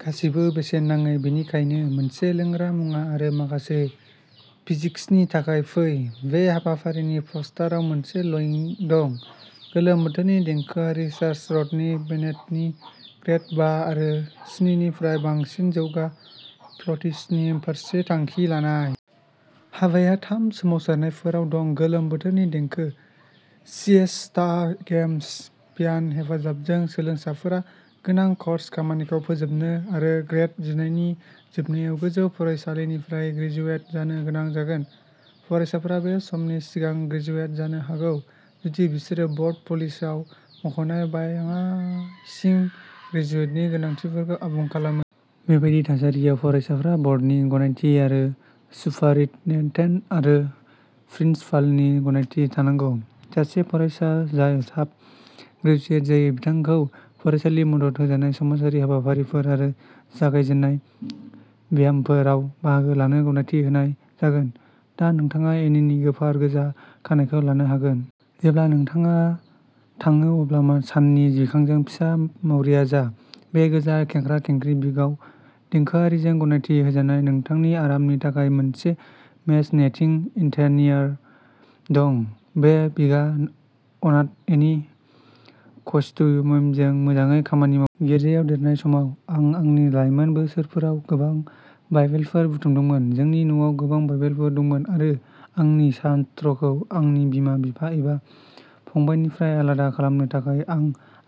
गासैबो बेसेन नाङै। बेनिखायनो मोनसे लोंग्रा मुवा आरो माखासे फिजिक्सनि थाखाय फै। बे हाबाफारिनि पस्टाराव मोनसे लइंक दं। गोलोम बोथोरनि देंखोआ रिचार्ड रडनि बेनेटनि, ग्रेड बा आरो स्निनिफ्राय बांसिन जौगा फ्ल'टिस्टनि फारसे थांखि लानाय। हाबाया थाम सोमावसारनायफोराव दं गोलोम बोथोरनि देंखो, सिएस्टा, गेम्स। पियान' हेफाजाबजों। सोलोंसाफोरा गोनां कर्स खामानिखौ फोजोबनो आरो ग्रेड जिनैनि जोबनायाव गोजौ फरायसालिनिफ्राय ग्रेजुवेट जानो गोनां जागोन। फरायसाफ्रा बे समनि सिगां ग्रेजुवेट जानो हागौ जुदि बिसोरो बर्ड पलिसिआव मख'नाय आ बाङाइसिन ग्रेजुवेटनि गोनांथिफोरखौ आबुं खालामो। बेबादि थासारियाव, फरायसाफ्रा बर्डनि गनायथि आरो सुपारिनटेन्डेन्ट आरो प्रिन्सिपालनि गनायथि थानांगौ। सासे फरायसा जाय थाब ग्रेजुवेट जायो, बिथांखौ फरायसालि मदद होजानाय समाजारि हाबाफारिफोर आरो जागायजेननाय ब्यामफोराव बाहागो लानो गनायथि होनाय जागोन। दा नोंथाङा एनिनि गोफार गोजा खानाइखौ लानो हागोन! जेब्ला नोंथाङा थाङो अब्ला सनानि बिखाजों फिसा मावरिया जा। बे गोजा खेंख्रा खेंख्रि विगआव, देंखोआरिजों गनायथि होजानाय। नोंथांनि आरामनि थाखाय मोनसे मेश नेटिं इन्टेरियर दं। बे विगआ अनाथ एनि कस्ट्युमजों मोजाङै खामानि मावो। गिर्जायाव देरनाय समाव, आं आंनि लाइमोन बोसोरफोराव गोबां बाइबेलफोर बुथुमदोंमोन। जोंनि न'आव गोबां बाइबेलफोर दंमोन आरो आंनि शास्त्रखौ आंनि बिमा बिफा एबा फंबायनिफ्राय आलादा खालामनो थाखाय, आं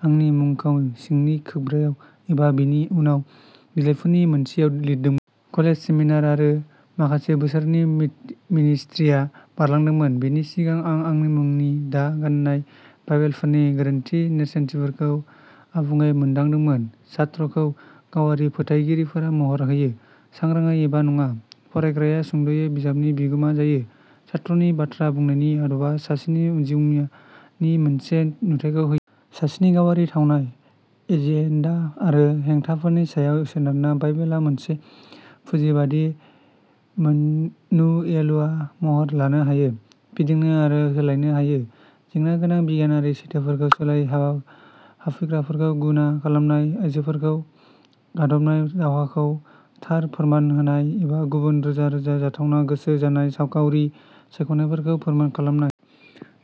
आंनि मुंखौ सिंनि खोबग्रायाव एबा बेनि उनाव बिलाइफोरनि मोनसेयाव लिरदोंमोन। कलेज, सेमिनारि आरो माखासे बोसोरनि मि-मिनिस्ट्रिया बारलांदोंमोन, बेनि सिगां आं आंनि मुंनि दा गान्नाय बाइबेलफोरनि गोरोन्थि नेरसोनथिखौ आबुङै मोनदांदोंमोन। शास्त्रखौ गावारि फोथायगिरिफोरा महर होयो, सांग्रांयै एबा नङा। फरायग्राया, सुंद'यै, बिजाबनि बिगोमा जायो। शास्त्रनि बाथ्रा बुंनायनि आदबा सासेनि जिउमानि मोनसे नुथायखौ होयो। सासेनि गावारि थावनाय, एजेन्डा आरो हेंथाफोरनि सायाव सोनारना, बाइबेला मोनसे पुजिबादि मोनुएलआव महर लानो हायो, फिदिंनो आरो सोलायनो हायो। जेंना गोनां बिगियानारि सैथोफोरखौ सोलाय, हाबफैग्राफोरखौ घृणा खालामनाय, आयजोफोरखौ गादबनाय, दावहाखौ थार फोरमान होनाय एबा गुबुन रोजा रोजा जाथावना गोसो जानाय साखावरि सायख'नायफोरखौ फोरमान खालामनाय।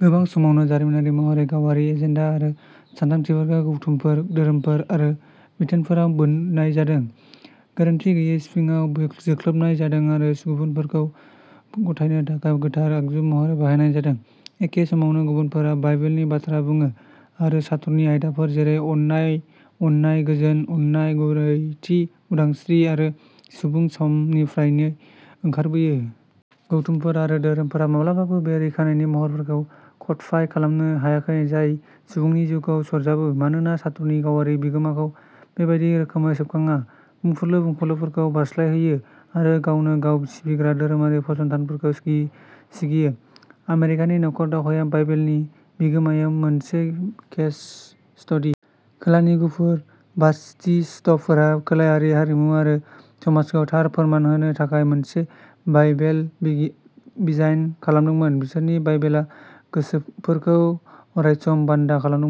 गोबां समावनो, जारिमिनारि महरै, गावारि एजेन्डा आरो सानदांथिफोरखौ गौथुमफोर, धोरोमफोर आरो बिथोनफोराव बोननाय जादों, गोरोन्थि गैयै सिफिङाव जोख्लोबनाय जादों आरो गुबुनफोरखौ गथायनो थाखाय गोथार आगजु महरै बाहायनाय जादों। एखे समावनो, गुबुनफोरा बाइबेलनि बाथ्रा बुङो आरो शास्त्रनि आयदाफोर जेरै अननाय, अननाय, गोजोन, अननाय, गुरैथि, उदांस्रि आरो सुबुं सनमाननिफ्राय ओंखारबोयो। गौथुमफोर आरो धोरोमफोरा माब्लाबाबो बे रैखानायनि महरफोरखौ कडफाइ खालामनो हायाखै जाय सुबुं जिउखौ सरजाबो, मानोना शास्त्रनि गावारि बिगोमाखौ बेबादि रोखोमै सोबखांनाया बुंफुरलु बुंफुरलुफोरखौ बारस्लायहोयो आरो गावनो गाव सिबिग्रा धोरोमारि फसंथानफोरखौ सिगि सिगियो। आमेरिकानि नखर दावहाया बाइबेलनि बिगोमायाव मोनसे केस स्टडि। खोलानि गुफुर बाप्तिस्तफोरा खोलायारि हारिमु आरो समाजखौ थार फोरमान होनो थाखाय मोनसे बाइबेल बि डिजाइन खालामदोंमोन बिसोरनि बाइबेला गोसोमफोरखौ अरायसम बान्दा खालामदोंमोन।